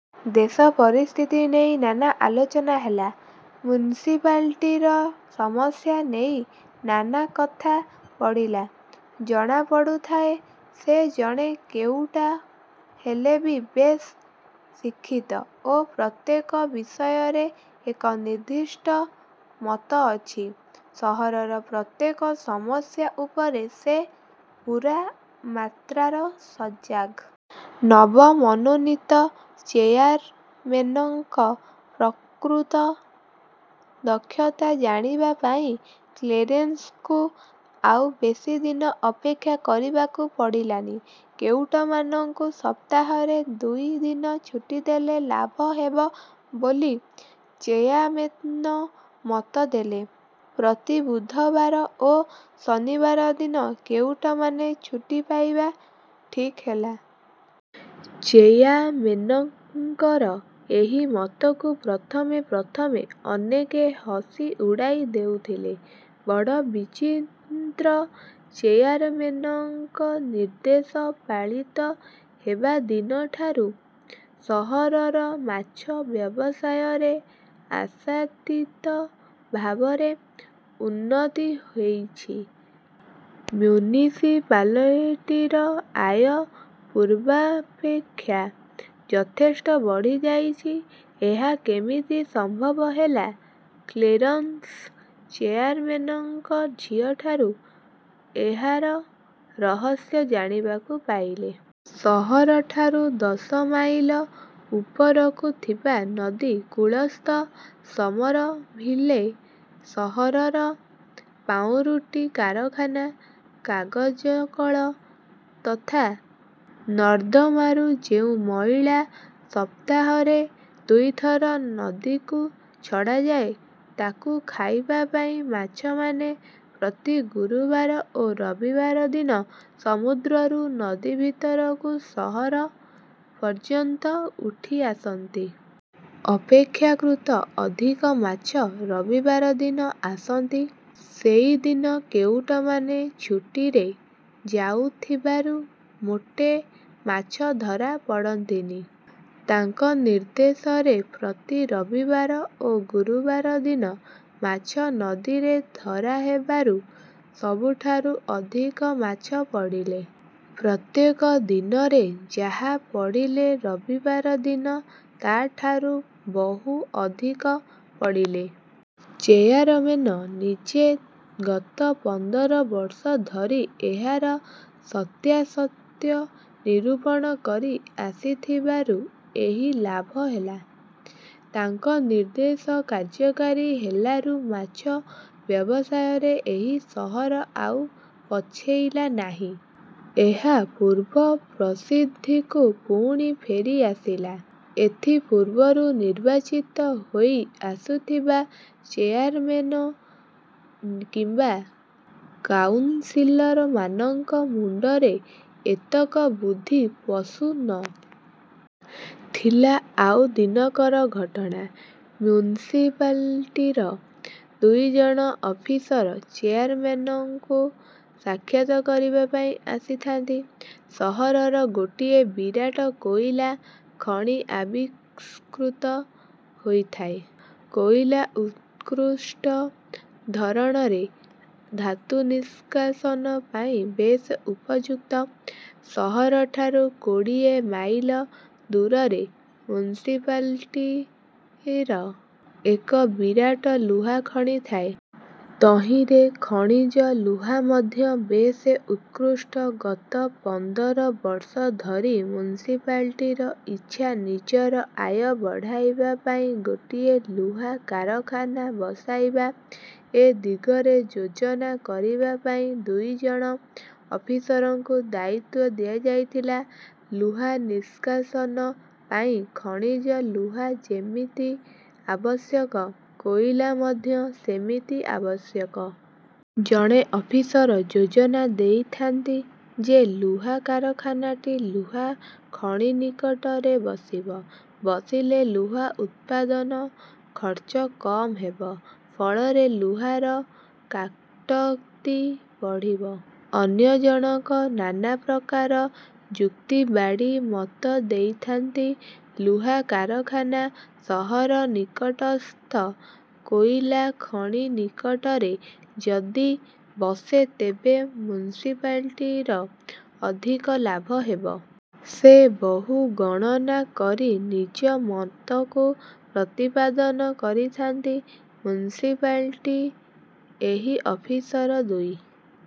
ଦେଶ ପରିସ୍ଥିତି ନେଇ ନାନା ଆଲୋଚନା ହେଲା। ମ୍ୟୁନିସିପାଲିଟିର ସମସ୍ୟା ନେଇ ନାନା କଥା ପଡ଼ିଲା। ଜଣା ପଡ଼ୁଥାଏ, ସେ ଜଣେ କେଉଟ ହେଲେ ବି ବେଶ୍ ଶିକ୍ଷିତ ଓ ପ୍ରତ୍ୟେକ ବିଷୟରେ ଏକନିର୍ଦ୍ଧିଷ୍ଟ ମତ ଅଛି। ସହରର ପ୍ରତ୍ୟେକ ସମସ୍ୟା ଉପରେ ସେ ପୂରା ମାତ୍ରାର ସଜାଗ। ନବ ମନୋନୀତ ଚେୟାରମେନଙ୍କ ପ୍ରକୃତ ଦକ୍ଷତା ଜାଣିବା ପାଇଁ କ୍ଳେରେନ୍ସଙ୍କୁ ଆଉ ବେଶି ଦିନ ଅପେକ୍ଷା କରିବାକୁ ପଡ଼ିଲାନି। କେଉଟମାନଙ୍କୁ ସପ୍ତାହରେ ଦୁଇ ଦିନ ଛୁଟିଦେଲେ ଲାଭ ହେବ ବୋଲି ଚେୟାମେନ ମତ ଦେଲେ। ପ୍ରତି ବୁଧବାର ଓ ଶନିବାର ଦିନ କେଉଟମାନେ ଛୁଟି ପାଇବା ଠିକ୍ ହେଲା। ଚେୟାମେନଙ୍କର ଏହି ମତକୁ ପ୍ରଥମେ ପ୍ରଥମେ ଅନେକେ ହସି ଉଡ଼ାଇ ଦେଉଥିଲେ। ବଡ଼ବିଚିନ୍ତ୍ର। ଚାୟାରମେନଙ୍କ ନିର୍ଦ୍ଦେଶ ପାଳିତ ହେବାଦିନଠାରୁ ସହରର ମାଛ ବ୍ୟବସାୟରେ ଆଶାତୀତ ଭାବରେ ଉନ୍ନତି ହୋଇଛି। ମ୍ୟୁନିସିପାଲିଟିର ଆୟ ପୂର୍ବାପେକ୍ଷା ଯଥେଷ୍ଟ ବଢ଼ିଯାଇଛି। ଏହା କେମିତି ସମ୍ଭବ ହେଲା କ୍ଳେରନ୍ସ ଚେୟାରମେନଙ୍କ ଝିଅଠାରୁ ଏହାର ରହସ୍ୟ ଜାଣିବାକୁ ପାଇଲେ। ସହରଠାରୁ ଦଶମାଇଲ ଉପରକୁ ଥିବା ନଦୀ କୂଳସ୍ଥ ସମରଭୀଲେ ସହରର ପାଉଁରୁଟି କାରଖାନା, କାଗଜକଳ, ତଥା ନର୍ଦ୍ଦମାରୁ ଯେଉଁ ମଇଳା ସପ୍ତାହରେ ଦୁଇଥର ନଦୀକୁ ଛଡ଼ାଯାଏ, ତାକୁ ଖାଇବା ପାଇଁ ମାଛମାନେ ପ୍ରତି ଗୁରୁବାର ଓ ରବିବାର ଦିନ ସମୁଦ୍ରରୁ ନଦୀଭିତରକୁ ସହର ପର୍ଯ୍ୟନ୍ତ ଉଠି ଆସନ୍ତି। ଅପେକ୍ଷାକୃତ ଅଧିକ ମାଛ ରବିବାର ଦିନ ଆସନ୍ତି। ସେଇ ଦିନ କେଉଟମାନେ ଛୁଟିରେ ଯାଉଥିବାରୁ ମୋଟେ ମାଛ ଧରା ପଡ଼ନ୍ତିନି। ତାଙ୍କନିର୍ଦ୍ଦେଶରେ ପ୍ରତି ରବିବାର ଓ ଗୁରୁବାର ଦିନ ମାଛ ନଦୀରେ ଧରା ହେବାରୁ ସବୁଠାରୁ ଅଧିକ ମାଛ ପଡ଼ିଲେ। ପ୍ରତ୍ୟେକ ଦିନରେ ଯାହା ପଡ଼ିଲେ ରବିବାର ଦିନ ତା'ଠାରୁ ବହୁ ଅଧିକ ପଡ଼ିଲେ। ଚେୟାରମେନ ନିଜେ ଗତ ପନ୍ଦର ବର୍ଷ ଧରି ଏହାର ସତ୍ୟାସତ୍ୟ ନିରୂପଣ କରି ଆସିଥିବାରୁ ଏହି ଲାଭ ହେଲା। ତାଙ୍କ ନିର୍ଦ୍ଦେଶ କାର୍ଯ୍ୟକାରୀ ହେଲାରୁ ମାଛ ବ୍ୟବସାୟରେ ଏହି ସହର ଆଉ ପଛେଇଲା ନାହିଁ। ଏହା ପୂର୍ବ ପ୍ରସିଦ୍ଧିକୁ ପୁଣି ଫେରି ଆସିଲା। ଏଥି ପୂର୍ବରୁ ନିର୍ବାଚିତ ହୋଇ ଆସୁଥିବା ଚେୟାନମେନ କିମ୍ବା କାଉନ ସିଲରମାନଙ୍କ ମୁଣ୍ଡରେ ଏତକ ବୁଦ୍ଧି ପଶୁ ନ। ଥିଲା। ଆଉ ଦିନକର ଘଟଣା। ମ୍ୟୁନିସିପାଲିଟିର ଦୁଇଜଣ ଅଫିସର ଚେୟାରମେନଙ୍କୁ ସାକ୍ଷାତ କରିବା ପାଇଁ ଆସିଥାନ୍ତି। ସହରର ଗୋଟିଏ ବିରାଟ କୋଇଲା ଖଣି ଆବିଷ୍କୃତ ହୋଇଥାଏ। କୋଇଲା ଉତ୍କୃଷ୍ଟ ଧରଣରେ। ଧାତୁନିଷ୍କାସନ ପାଇଁ ବେଶ ଉପଯୁକ୍ତ। ସହରଠାରୁ କୋଡିଏ ମାଇଲ ଦୂରରେ ମ୍ୟୁନିସିପାନିଟିର ଏକ ବିରାଟ ଲୁହାଖଣି ଥାଏ। ତହିଁରେ ଖଣିଜ ଲୁହା ମଧ୍ୟ ବେଶ ଉତ୍କୃଷ୍ଟ। ଗତ ପନ୍ଦର ବର୍ଷ ଧରି ମ୍ୟୁନିସିପାଲିଟିର ଇଚ୍ଛା ନିଜର ଆୟ ବଢ଼ାଇବା ପାଇଁ ଗୋଟିଏ ଲୁହା କାରଖାନା ବସାଇବା। ଏ ଦିଗରେ ଯୋଜନା କରିବା ପାଇଁ ଦୁଇ ଜଣ ଅଫିସରଙ୍କୁ ଦାୟିତ୍ୱ ଦିଆଯାଇଥିଲା। ଲୁହାନିଷ୍କାସନ ପାଇଁ ଖଣିଜ ଲୁହା ଯେମିତି ଆବଶ୍ୟକ, କୋଇଲା ମଧ୍ୟ ସେମିତି ଅବଶ୍ୟକ। ଜଣେ ଅଫିସର ଯୋଜନା ଦେଇଥାନ୍ତି ଯେ ଲୁହା କାରଖାନାଟି ଲୁହା ଖଣିନିକଟରେ ବସିବ। ବସିଲେ ଲୁହା ଉତ୍ପାଦନ ଖର୍ଚ୍ଚ କମ୍ ହେବ। ଫଳରେ ଲୁହାର କାଟତି ବଢ଼ିବ। ଅନ୍ୟ ଜଣକ ନାନା ପ୍ରକାର ଯୁକ୍ତିବାଢ଼ି ମତ ଦେଇଥାନ୍ତି, ଲୁହା କାରଖାନା, ସହରନିକଟସ୍ଥ କୋଇଲାଖଣିନିକଟରେ ଯଦି ବସେ ତେବେ ମ୍ୟୁନିସିପାଲିଟିର ଅଧିକ ଲାଭ ହେବ। ସେ ବହୁ ଗଣନା କରି ନିଜ ମତକୁ ପ୍ରତିପାଦନ କରିଥାନ୍ତି। ମ୍ୟୁନିସିପାଲିଟି ଏହି ଅଫିସର ଦୁଇ